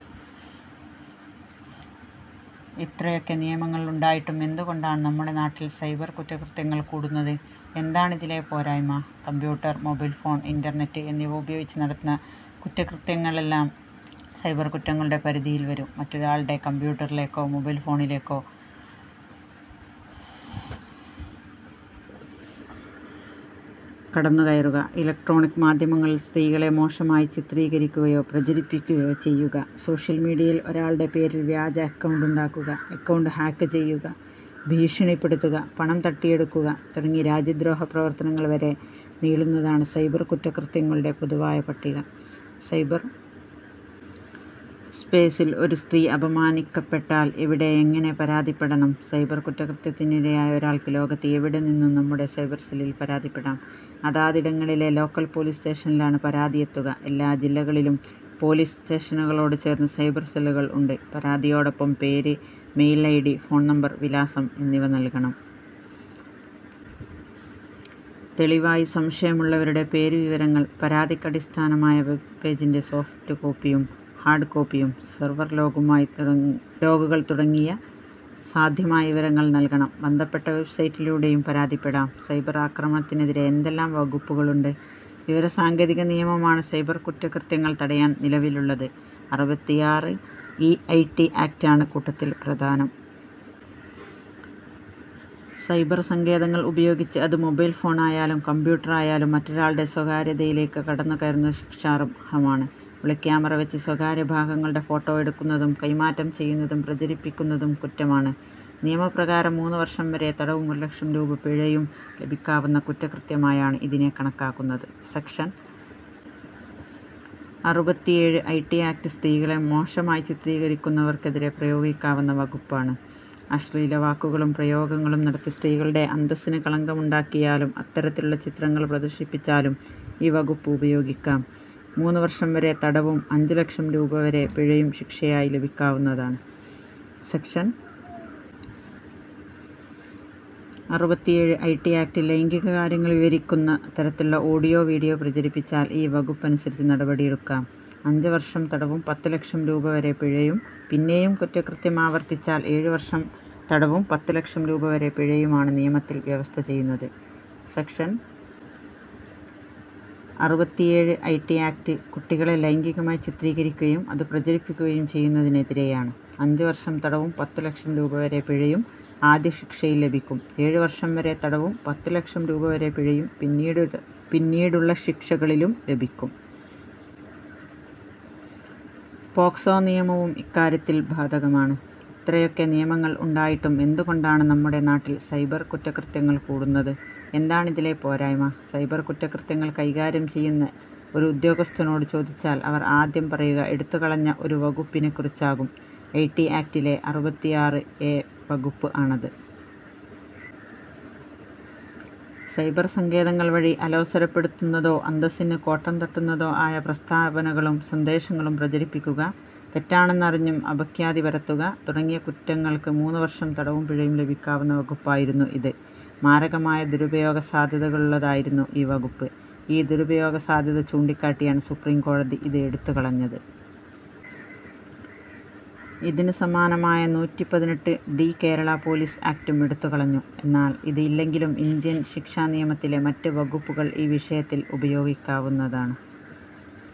ഇത്രയൊക്കെ നിയമങ്ങൾ ഉണ്ടായിട്ടും എന്തുകൊണ്ടാണ് നമ്മുടെ നാട്ടിൽ സൈബർ കുറ്റകൃത്യങ്ങൾ കൂടുന്നത്. എന്താണിതിലെ പോരായ്മ. കമ്പ്യൂട്ടർ, മൊബൈൽ ഫോൺ, ഇന്റർനെറ്റ് എന്നിവ ഉപയോഗിച്ച് നടത്തുന്ന കുറ്റകൃത്യങ്ങളെല്ലാം സൈബർ കുറ്റങ്ങളുടെ പരിധിയിൽ വരും. മറ്റൊരാളുടെ കമ്പ്യൂട്ടറിലേക്കോ മൊബൈൽ ഫോണിലേക്കോ കടന്നുകയറുക, ഇലക്ട്രോണിക് മാധ്യമങ്ങളിൽ സ്ത്രീകളെ മോശമായി ചിത്രീകരിക്കുകയോ പ്രചരിപ്പിക്കുകയോ ചെയ്യുക, സോഷ്യൽ മീഡിയയിൽ മറ്റൊരാളുടെ പേരിൽ വ്യാജ അക്കൗണ്ടുണ്ടാക്കുക, അക്കൗണ്ട് ഹാക്ക് ചെയ്യുക, ഭീഷണിപ്പെടുത്തുക, പണം തട്ടിയെടുക്കുക തുടങ്ങി രാജ്യദ്രോഹ പ്രവർത്തനങ്ങൾ വരെ നീളുന്നതാണ് സൈബർ കുറ്റകൃത്യങ്ങളുടെ പൊതുവായ പട്ടിക. സൈബർ സ്പേസിൽ ഒരു സ്ത്രീ അപമാനിക്കപ്പെട്ടാൽ എവിടെ എങ്ങനെ പരാതിപ്പെടണം. സൈബർ കുറ്റകൃത്യത്തിനിരയായ ഒരാൾക്ക് ലോകത്ത് എവിടെനിന്നും നമ്മുടെ സൈബർ സെല്ലിൽ പരാതിപ്പെടാം. അതാതിടങ്ങളിലെ ലോക്കൽ പൊലീസ് സ്റ്റേഷനിലാണ് പരാതി എത്തുക. എല്ലാ ജില്ലകളിലും പൊലീസ് സ്റ്റേഷനുകളോട് ചേർന്ന് സൈബർ സെല്ലുകൾ ഉണ്ട്. പരാതിയോടൊപ്പം പേര്, മെയിൽ ഐഡി, ഫോൺ നമ്പർ, വിലാസം എന്നിവ നൽകണം. തെളിവായി സംശയമുള്ളവരുടെ പേരുവിവരങ്ങൾ, പരാതിക്ക് അടിസ്ഥാനമായ വെബ് പേജിന്റെ സോഫ്റ്റ് കോപ്പിയും ഹാർഡ് കോപ്പിയും, സെർവർ ലോഗുമായി തുടങ്ങിയ സാധ്യമായ വിവരങ്ങൾ നൽകണം. ബന്ധപ്പെട്ട വെബ്സൈറ്റിലൂടെയും പരാതിപ്പെടാം. സൈബർ ആക്രമണത്തിനെതിരെ എന്തെല്ലാം വകുപ്പുകളുണ്ട്. വിവര സാങ്കേതിക നിയമമാണ് സൈബർ കുറ്റകൃത്യങ്ങൾ തടയാൻ നിലവിലുള്ളത്. അറുപത്തിയാറ് ഇ ഐ ടി ആക്ടാണ് കൂട്ടത്തിൽ പ്രധാനം. സൈബർ സങ്കേതങ്ങൾ ഉപയോഗിച്ച് അത് മൊബൈൽ ഫോണായാലും കമ്പ്യൂട്ടറായാലും മറ്റൊരാളുടെ സ്വകാര്യതയിലേക്ക് കടന്നുകയറുന്നത് ശിക്ഷാർഹമാണ്. ഒളിക്യാമറ വച്ച് സ്വകാര്യ ഭാഗങ്ങളുടെ ഫോട്ടോ എടുക്കുന്നതും കൈമാറ്റം ചെയ്യുന്നതും പ്രചരിപ്പിക്കുന്നതും കുറ്റമാണ്. നിയമപ്രകാരം മൂന്ന് വർഷം വരെ തടവും ഒരു ലക്ഷം രൂപ വരെ പിഴയും ലഭിക്കാവുന്ന കുറ്റകൃത്യമായാണ് ഇതിനെ കണക്കാക്കുന്നത്. സെക്ഷൻ അറുപത്തിയേഴ് ഐ ടി ആക്ട് സ്ത്രീകളെ മോശമായി ചിത്രീകരിക്കുന്നവർക്കെതിരെ പ്രയോഗിക്കാവുന്ന വകുപ്പാണ്. അശ്ലീല വാക്കുകളും പ്രയോഗങ്ങളും നടത്തി സ്ത്രീകളുടെ അന്തസിന് കളങ്കമുണ്ടാക്കിയാലും അത്തരത്തിലുള്ള ചിത്രങ്ങൾ പ്രദർശിപ്പിച്ചാലും ഈ വകുപ്പ് ഉപയോഗിക്കാം. മൂന്ന് വർഷം വരെ തടവും അഞ്ച് ലക്ഷം രൂപ വരെ പിഴയും ശിക്ഷയായി ലഭിക്കാവുന്നതാണ്. സെക്ഷൻ അറുപത്തിയേഴ് ഐ ടി ആക്ട് ലൈംഗിക കാര്യങ്ങൾ വിവരിക്കുന്ന തരത്തിലുള്ള ഓഡിയോ വീഡിയോ പ്രചരിപ്പിച്ചാൽ ഈ വകുപ്പനുസരിച്ച് നടപടി എടുക്കാം. അഞ്ച് വർഷം തടവും പത്ത് ലക്ഷം രൂപ വരെ പിഴയും പിന്നെയും കുറ്റകൃത്യം ആവർത്തിച്ചാൽ ഏഴ് വർഷം തടവും പത്ത് ലക്ഷം രൂപ വരെ പിഴയുമാണ് നിയമത്തിൽ വ്യവസ്ഥ ചെയ്യുന്നത്. സെക്ഷൻ അറുപത്തിയേഴ് ഐ ടി ആക്ട് കുട്ടികളെ ലൈംഗികമായി ചിത്രീകരിക്കുകയും അത് പ്രചരിപ്പിക്കുകയും ചെയ്യുന്നതിനെതിരെയാണ്. അഞ്ച് വർഷം തടവും പത്ത് ലക്ഷം രൂപ വരെ പിഴയും ആദ്യ ശിക്ഷയിൽ ലഭിക്കും. ഏഴ് വർഷം വരെ തടവും പത്ത് ലക്ഷം രൂപ വരെ പിഴയും പിന്നീട് പിന്നീടുള്ള ശിക്ഷകളിലും ലഭിക്കും. പോക്സോ നിയമവും ഇക്കാര്യത്തിൽ ബാധകമാണ്. ഇത്രയൊക്കെ നിയമങ്ങൾ ഉണ്ടായിട്ടും എന്തുകൊണ്ടാണ് നമ്മുടെ നാട്ടിൽ സൈബർ കുറ്റകൃത്യങ്ങൾ കൂടുന്നത്. എന്താണിതിലെ പോരായ്മ. സൈബർ കുറ്റകൃത്യങ്ങൾ കൈകാര്യം ചെയ്യുന്ന ഒരു ഉദ്യോഗസ്ഥനോട് ചോദിച്ചാൽ അവർ ആദ്യം പറയുക എടുത്തുകളഞ്ഞ ഒരു വകുപ്പിനെക്കുറിച്ചാകും. ഐ ടി ആക്ടിലെ അറുപത്തിയാറ് എ വകുപ്പ് ആണത്. സൈബർ സങ്കേതങ്ങൾ വഴി അലോസരപ്പെടുത്തുന്നതോ അന്തസ്സിന് കോട്ടം തട്ടുന്നതോ ആയ പ്രസ്താവനകളും സന്ദേശങ്ങളും പ്രചരിപ്പിക്കുക, തെറ്റാണെന്ന് അറിഞ്ഞും അപഖ്യാതി പരത്തുക തുടങ്ങിയ കുറ്റങ്ങൾക്ക് മൂന്ന് വർഷം തടവും പിഴയും ലഭിക്കാവുന്ന വകുപ്പായിരുന്നു ഇത്. മാരകമായ ദുരുപയോഗ സാധ്യതകളുള്ളതായിരുന്നു ഈ വകുപ്പ്. ഈ ദുരുപയോഗ സാധ്യത ചൂണ്ടിക്കാട്ടിയാണ് സുപ്രീംകോടതി ഇത് എടുത്തുകളഞ്ഞത്. ഇതിന് സമാനമായ നൂറ്റിപ്പതിനെട്ട് ഡി കേരള പൊലീസ് ആക്ടും എടുത്തുകളഞ്ഞു. എന്നാൽ ഇത് ഇല്ലെങ്കിലും ഇന്ത്യൻ ശിക്ഷാ നിയമത്തിലെ മറ്റ് വകുപ്പുകൾ ഈ വിഷയത്തിൽ ഉപയോഗിക്കാവുന്നതാണ്.